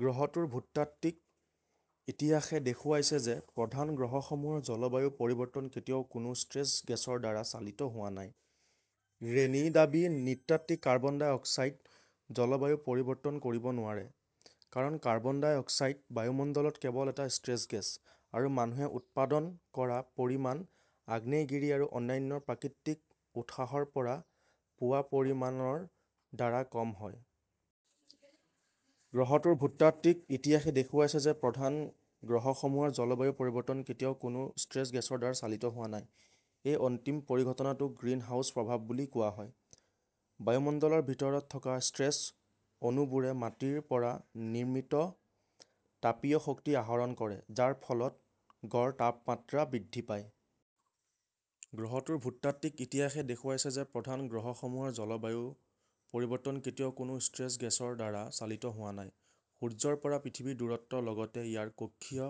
গ্ৰহটোৰ ভূতাত্ত্বিক ইতিহাসে দেখুৱাইছে যে প্ৰধান গ্ৰহসমূহৰ জলবায়ু পৰিৱৰ্তন কেতিয়াও কোনো ট্ৰেছ গেছৰ দ্বাৰা চালিত হোৱা নাই। ৰেনী: "দাবী: নৃতাত্ত্বিক কাৰ্বন ডাই অক্সাইড জলবায়ু পৰিৱৰ্তন কৰিব নোৱাৰে, কাৰণ কাৰ্বন ডাই অক্সাইড বায়ুমণ্ডলত কেৱল এটা ট্ৰেছ গেছ আৰু মানুহে উৎপাদন কৰা পৰিমাণ আগ্নেয়গিৰি আৰু অন্যান্য প্ৰাকৃতিক উৎসৰ পৰা পোৱা পৰিমাণৰ দ্বাৰা কম হয়। গ্ৰহটোৰ ভূতাত্ত্বিক ইতিহাসে দেখুৱাইছে যে প্ৰধান গ্ৰহসমূহৰ জলবায়ু পৰিৱৰ্তন কেতিয়াও কোনো ট্ৰেছ গেছৰ দ্বাৰা চালিত হোৱা নাই। এই অন্তিম পৰিঘটনাটোক গ্ৰীণহাউছ প্ৰভাৱ বুলি কোৱা হয়ঃ বায়ুমণ্ডলৰ ভিতৰত থকা ট্ৰেছ অণুবোৰে মাটিৰ পৰা নিৰ্মিত তাপীয় শক্তি আহৰণ কৰে, যাৰ ফলত গড় তাপমাত্ৰা বৃদ্ধি পায়। গ্ৰহটোৰ ভূতাত্ত্বিক ইতিহাসে দেখুৱাইছে যে প্ৰধান গ্ৰহসমূহৰ জলবায়ু পৰিৱৰ্তন কেতিয়াও কোনো ট্ৰেছ গেছৰ দ্বাৰা চালিত হোৱা নাই। সূৰ্যৰ পৰা পৃথিৱীৰ দূৰত্বৰ লগতে ইয়াৰ কক্ষীয়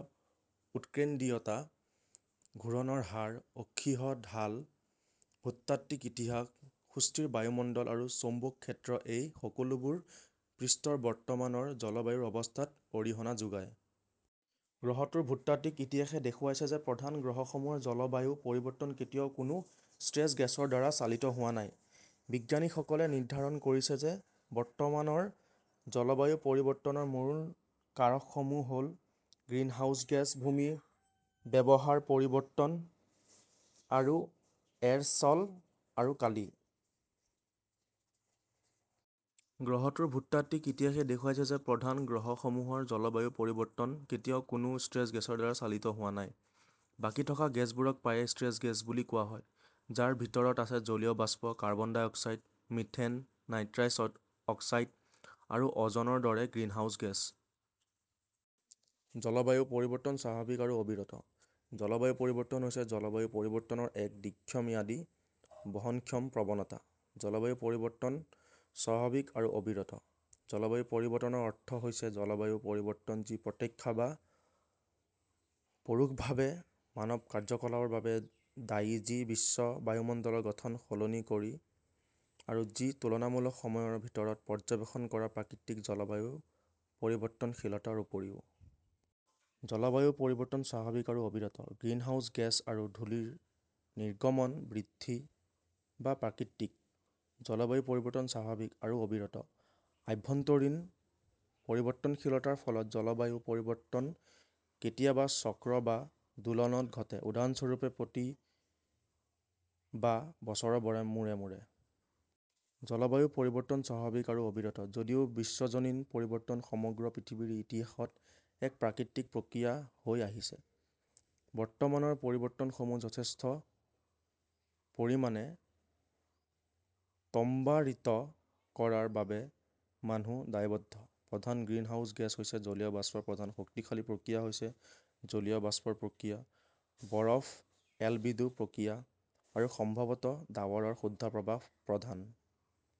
উৎকেন্দ্ৰিকতা, ঘূৰণৰ হাৰ, অক্ষীয় ঢাল, ভূতাত্ত্বিক ইতিহাস, সুস্থিৰ বায়ুমণ্ডল আৰু চৌম্বক ক্ষেত্ৰ এই সকলোবোৰে পৃষ্ঠৰ বৰ্তমানৰ জলবায়ুৰ অৱস্থাত অৰিহণা যোগায়। গ্ৰহটোৰ ভূতাত্ত্বিক ইতিহাসে দেখুৱাইছে যে প্ৰধান গ্ৰহসমূহৰ জলবায়ু পৰিৱৰ্তন কেতিয়াও কোনো ট্ৰেছ গেছৰ দ্বাৰা চালিত হোৱা নাই। বিজ্ঞানীসকলে নিৰ্ধাৰণ কৰিছে যে বৰ্তমানৰ জলবায়ু পৰিৱৰ্তনৰ মূল কাৰকসমূহ হ "ল গ্ৰীণহাউচ গেছ, ভূমি ব্যৱহাৰৰ পৰিৱৰ্তন, আৰু এৰ" ছল আৰু কালি। গ্ৰহটোৰ ভূতাত্ত্বিক ইতিহাসে দেখুৱাইছে যে প্ৰধান গ্ৰহসমূহৰ জলবায়ু পৰিৱৰ্তন কেতিয়াও কোনো ট্ৰেছ গেছৰ দ্বাৰা চালিত হোৱা নাই। বাকী থকা গেছবোৰক প্ৰায়ে ট্ৰেছ গেছ বুলি কোৱা হয়, যাৰ ভিতৰত আছে জলীয় বাষ্প, carbon dioxide, methane, nitrous oxide আৰু অ 'জনৰ দৰে গ্ৰীণহাউচ গেছ। জলবায়ু পৰিৱৰ্তন স্বাভাৱিক আৰু অবিৰত। জলবায়ু পৰিৱৰ্তন হৈছে জলবায়ু পৰিৱৰ্তনৰ এক দীৰ্ঘম্যাদী, বহনক্ষম প্ৰৱণতা। জলবায়ু পৰিৱৰ্তন স্বাভাৱিক আৰু অবিৰত। জলবায়ু পৰিৱৰ্তনৰ অৰ্থ হৈছে জলবায়ুৰ পৰিৱৰ্তন যি প্ৰত্যক্ষ বা পৰোক্ষভাৱে মানৱ কাৰ্যকলাপৰ বাবে দায়ী যি বিশ্ব বায়ুমণ্ডলৰ গঠন সলনি কৰে আৰু যি তুলনামূলক সময়ৰ ভিতৰত পৰ্যবেক্ষণ কৰা প্ৰাকৃতিক জলবায়ু পৰিৱৰ্তনশীলতাৰ উপৰিও। জলবায়ু পৰিৱৰ্তন স্বাভাৱিক আৰু অবিৰত। গ্ৰিনহাউস গেছ আৰু ধূলিৰ নিৰ্গমন বৃদ্ধি বা প্ৰাকৃতিক। জলবায়ু পৰিৱৰ্তন স্বাভাৱিক আৰু অবিৰত। আভ্যন্তৰীণ পৰিৱৰ্তনশীলতাৰ ফলত জলবায়ু পৰিৱৰ্তন কেতিয়াবা চক্ৰ বা দোলনত ঘটে, উদাহৰণস্বৰূপে প্ৰতি বা বছৰৰ মূৰে মূৰে। জলবায়ু পৰিৱৰ্তন স্বাভাৱিক আৰু অবিৰত। যদিও বিশ্বজনীন পৰিৱৰ্তন সমগ্ৰ পৃথিৱীৰ ইতিহাসত এক প্ৰাকৃতিক প্ৰক্ৰিয়া হৈ আহিছে, বৰ্তমানৰ পৰিৱৰ্তনসমূহ যথেষ্ট পৰিমাণে ত্বৰান্বিত কৰাৰ বাবে মানুহ দায়বদ্ধ। প্ৰধান গ্ৰীণহাউস গেছ হৈছে জলীয় বাষ্প প্ৰধান শক্তিশালী প্ৰতিক্ৰিয়া হৈছে জলীয় বাষ্পৰ প্ৰতিক্ৰিয়া, বৰফ-এলবিডো প্ৰতিক্ৰিয়া, আৰু সম্ভৱতঃ ডাৱৰৰ শুদ্ধ প্ৰভাৱ। প্ৰধান